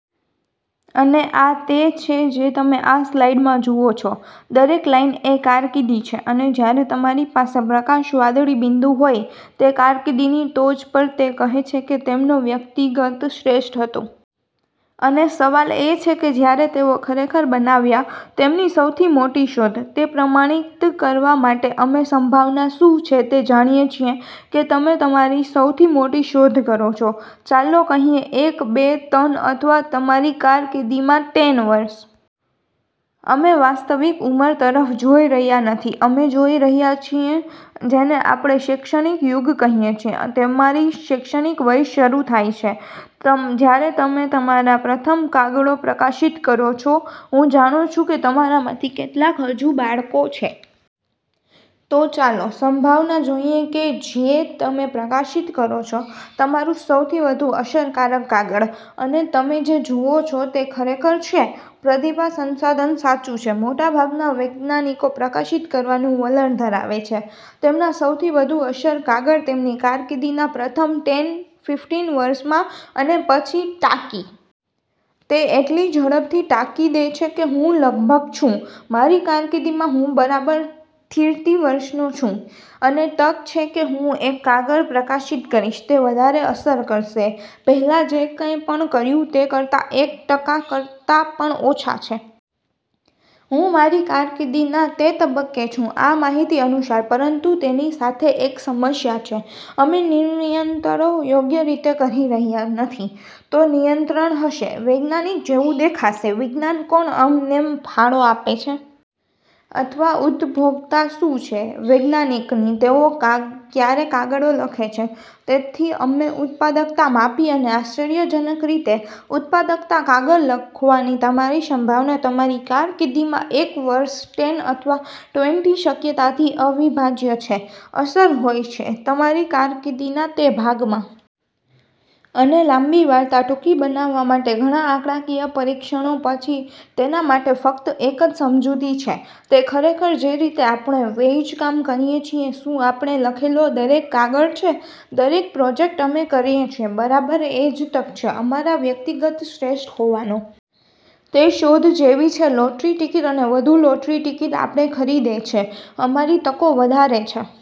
અને આ તે છે જે તમે આ સ્લાઇડમાં જુઓ છો. દરેક લાઇન એ કારકિર્દી છે અને જ્યારે તમારી પાસે પ્રકાશ વાદળી બિંદુ હોય તે કારકિર્દીની ટોચ પર તે કહે છે કે તેમનો વ્યક્તિગત શ્રેષ્ઠ હતો. અને સવાલ એ છે કે જ્યારે તેઓ ખરેખર બનાવ્યા તેમની સૌથી મોટી શોધ. તે પ્રમાણિત કરવા માટે અમે સંભાવના શું છે તે જાણીએ છીએ તે તમે તમારી સૌથી મોટી શોધ કરો છો. ચાલો કહીએ એક, બે, ત્રણ અથવા તમારી કારકિર્દીમાં ટેન વર્ષ. અમે વાસ્તવિક ઉંમર તરફ જોઈ રહ્યા નથી. અમે જોઈ રહ્યા છીએ જેને આપણે "શૈક્ષણિક યુગ" કહીએ છીએ. તમારી શૈક્ષણિક વય શરૂ થાય છે, તમ જ્યારે તમે તમારા પ્રથમ કાગળો પ્રકાશિત કરો છો. હું જાણું છું કે તમારામાંથી કેટલાક હજુ બાળકો છે. તો ચાલો સંભાવના જોઈએ કે જે તમે પ્રકાશિત કરો છો તમારું સૌથી વધુ અસરકારક કાગળ. અને તમે જે જુઓ છો તે ખરેખર છે. પ્રતિભા સંશાધન સાચું છે. મોટાભાગના વૈજ્ઞાનિકો પ્રકાશિત કરવાનું વલણ ધરાવે છે. તેમના સૌથી વધુ અસર કાગળ તેમની કારકિર્દીના પ્રથમ ટેન, ફિફટિન વર્ષમાં અને પછી તાકી. તે એટલી ઝડપથી ટાંકી દે છે કે હું લગભગ છું મારી કારકિર્દીમાં હું બરાબર થીરટી વર્ષનો છું અને તક છે કે હું એક કાગળ પ્રકાશિત કરીશ તે વધારે અસર કરશે પહેલાં જે કંઈપણ કર્યું તે કરતાં એક ટકા કરતા પણ ઓછા છે. હું મારી કારકિર્દીના તે તબક્કે છું આ માહિતી અનુસાર. પરંતુ તેની સાથે એક સમસ્યા છે. અમે નિયંતણો યોગ્ય રીતે કહી રહ્યાં નથી. તો નિયંત્રણ હશે, વૈજ્ઞાનિક જેવું દેખાશે, વિજ્ઞાન કોણ અમનેમ ફાળો આપે છે? અથવા ઉદભોકતા શું છે વૈજ્ઞાનિકની? તેઓ ક્યારે કાગળો લખે છે? તેથી અમે ઉત્પાદકતા માપી અને આશ્ચર્યજનક રીતે ઉત્પાદકતા કાગળ લખવાની તમારી સંભાવના તમારી કારકિર્દીમાં એક વર્ષ, ટેન અથવા ટ્વેન્ટી શક્યતાથી અવિભાજ્ય છે અસર હોય છે તમારી કારકિર્દીના તે ભાગમાં. અને લાંબી વાર્તા ટૂંકી બનાવવા માટે ઘણાં આંકડાકીય પરીક્ષણો પછી તેના માટે ફક્ત એક જ સમજૂતી છે. તે ખરેખર જે રીતે આપણે વૈજ્ કામ કરીએ છીએ શું આપણે લખેલો દરેક કાગળ છે, દરેક પ્રોજેક્ટ અમે કરીએ છીએ, બરાબર એ જ તક છે અમારા વ્યક્તિગત શ્રેષ્ઠ હોવાનો. તે શોધ જેવી છે લોટરી ટિકિટ અને વધુ લોટરી ટિકિટ આપણે ખરીદે છે, અમારી તકો વધારે છે.